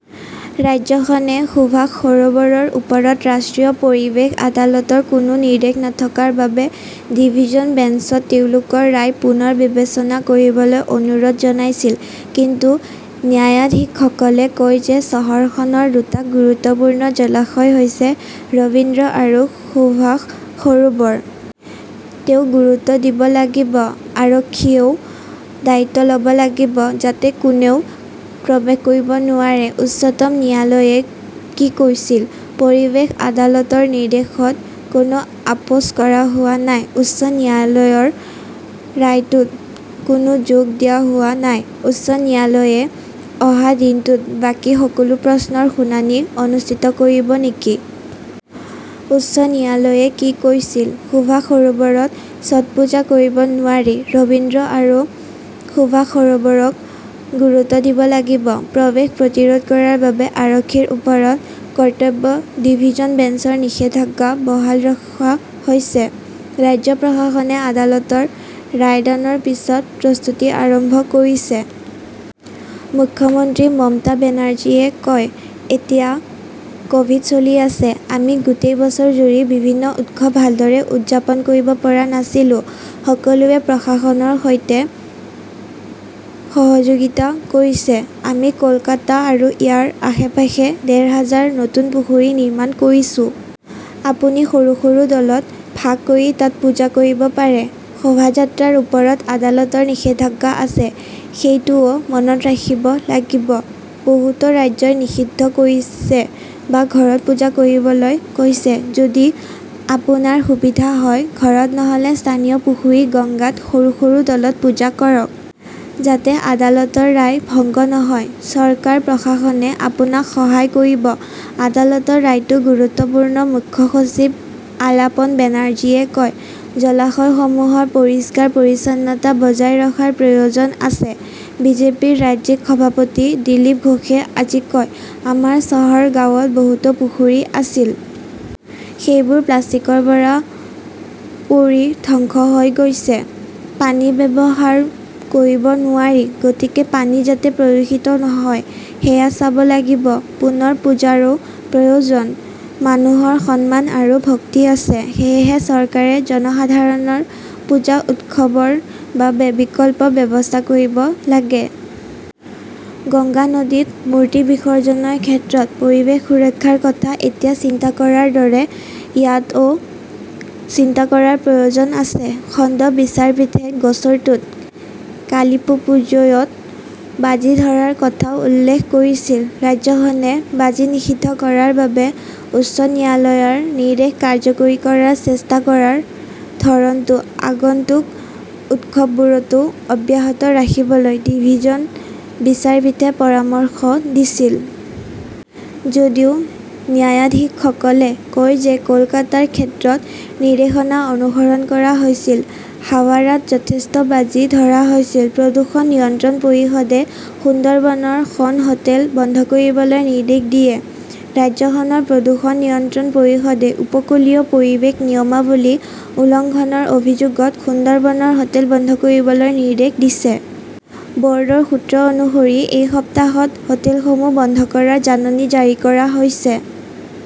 ৰাজ্যখনে সুভাষ সৰোবৰৰ ওপৰত ৰাষ্ট্ৰীয় পৰিৱেশ আদালতৰ কোনো নিৰ্দেশ নথকাৰ বাবে ডিভিজন বেঞ্চত তেওঁলোকৰ ৰায় পুনৰ বিবেচনা কৰিবলৈ অনুৰোধ জনাইছিল। কিন্তু ন্যায়াধীশসকলে কয় যে চহৰখনৰ দুটা গুৰুত্বপূৰ্ণ জলাশয় হৈছে ৰবীন্দ্ৰ আৰু সুভাষ সৰোবৰ। তেওঁ গুৰুত্ব দিব লাগিব। আৰক্ষীয়েও দায়িত্ব লব লাগিব, যাতে কোনেও প্ৰৱেশ কৰিব নোৱাৰে। উচ্চতম ন্যায়ালয়ে কি কৈছিল; পৰিৱেশ আদালতৰ নিৰ্দেশত কোনো আপোচ কৰা হোৱা নাই, উচ্চ ন্যায়ালয়ৰ ৰায়টোত কোনো যোগ দিয়া হোৱা নাই, উচ্চ ন্যায়ালয়ে অহা দিনটোত বাকী সকলো প্ৰশ্নৰ শুনানি অনুষ্ঠিত কৰিব নেকি? উচ্চ ন্যায়ালয়ে কি কৈছিল; সুভাষ সৰোবৰত ছটপূজা কৰিব নোৱাৰি, ৰবীন্দ্ৰ আৰু সুভাষ সৰোবৰক গুৰুত্ব দিব লাগিব। প্ৰৱেশ প্ৰতিৰোধ কৰাৰ বাবে আৰক্ষীৰ ওপৰত কৰ্তব্য, ডিভিজন বেঞ্চৰ নিষেধাজ্ঞা বহাল ৰখা হৈছে; ৰাজ্য প্ৰশাসনে আদালতৰ ৰায়দানৰ পিছত প্ৰস্তুতি আৰম্ভ কৰিছে। মুখ্যমন্ত্ৰী মমতা বেনাৰ্জীয়ে কয়, এতিয়া কভিড চলি আছে। আমি গোটেই বছৰজুৰি বিভিন্ন উৎসৱ ভালদৰে উদযাপন কৰিব পৰা নাছিলো। সকলোৱে প্ৰশাসনৰ সৈতে সহযোগিতা কৰিছে। আমি কলকাতা আৰু ইয়াৰ আশে-পাশে ডেৰ হাজাৰ নতুন পুখুৰী নিৰ্মাণ কৰিছো। আপুনি সৰু-সৰু দলত ভাগ কৰি তাত পূজা কৰিব পাৰে। শোভাযাত্ৰাৰ ওপৰত আদালতৰ নিষেধাজ্ঞা আছে। সেইটোও মনত ৰাখিব লাগিব। বহুতো ৰাজ্যই নিষিদ্ধ কৰিছে বা ঘৰত পূজা কৰিবলৈ কৈছে। যদি আপোনাৰ সুবিধা হয়, ঘৰত, নহ 'লে স্থানীয় পুখুৰী গঙ্গাত সৰু-সৰু দলত পূজা কৰক। যাতে আদালতৰ ৰায় ভংগ নহয়। চৰকাৰ-প্ৰশাসনে আপোনাক সহায় কৰিব। আদালতৰ ৰায়টো গুৰুত্বপূৰ্ণ, মুখ্য সচিব আলাপন বেনাৰ্জীয়ে কয়। জলাশয়সমূহৰ পৰিষ্কাৰ-পৰিচ্ছন্নতা বজাই ৰখাৰ প্ৰয়োজন আছে, বিজেপিৰ ৰাজ্যিক সভাপতি দিলীপ ঘোষে আজি কয়। আমাৰ চহৰ-গাঁৱত বহুতো পুখুৰী আছিল। সেইবোৰ প্লাষ্টিকৰ পৰা পৰি ধ্বংস হৈ গৈছে। পানী ব্যৱহাৰ কৰিব নোৱাৰি। গতিকে পানী যাতে প্ৰদূষিত নহয় সেয়া চাব লাগিব। পুনৰ পূজাৰো প্ৰয়োজন, মানুহৰ সন্মান আৰু ভক্তি আছে। সেয়েহে চৰকাৰে জনসাধাৰণৰ পূজা-উৎসৱৰ বাবে বিকল্প ব্যৱস্থা কৰিব লাগে। গংগা নদীত মূৰ্তি বিসৰ্জনৰ ক্ষেত্ৰত পৰিৱেশ সুৰক্ষাৰ কথা এতিয়া চিন্তা কৰাৰ দৰে ইয়াতও চিন্তা কৰাৰ প্ৰয়োজন আছে। খণ্ড বিচাৰপীঠে গোচৰটোত কালিপ্পুজোয়ত বাজি ধৰাৰ কথাও উল্লেখ কৰিছিল। ৰাজ্যখনে বাজি নিষিদ্ধ কৰাৰ বাবে উচ্চ ন্যায়ালয়ৰ নিৰ্দেশ কাৰ্যকৰী কৰাৰ চেষ্টা কৰাৰ ধৰণটো আগন্তুক উৎসৱবোৰতো অব্যাহত ৰাখিবলৈ ডিভিজন বিচাৰপীঠে পৰামৰ্শ দিছিল। যদিও ন্যায়াধীশসকলে কয় যে কলকাতাৰ ক্ষেত্ৰত নিৰ্দেশনা অনুসৰণ কৰা হৈছিল, হাৱাৰাত যথেষ্ট বাজি ধৰা হৈছিল। প্ৰদূষণ নিয়ন্ত্ৰণ পৰিষদে সুন্দৰবনৰ খন হোটেল বন্ধ কৰিবলৈ নিৰ্দেশ দিয়ে, ৰাজ্যখনৰ প্ৰদূষণ নিয়ন্ত্ৰণ পৰিষদে উপকূলীয় পৰিৱেশ নিয়মাৱলী উলংঘনৰ অভিযোগত সুন্দৰবনৰ হোটেল বন্ধ কৰিবলৈ নিৰ্দেশ দিছে। বৰ্ডৰ সূত্ৰ অনুসৰি এই সপ্তাহত হোটেলসমূহ বন্ধ কৰাৰ জাননী জাৰি কৰা হৈছে।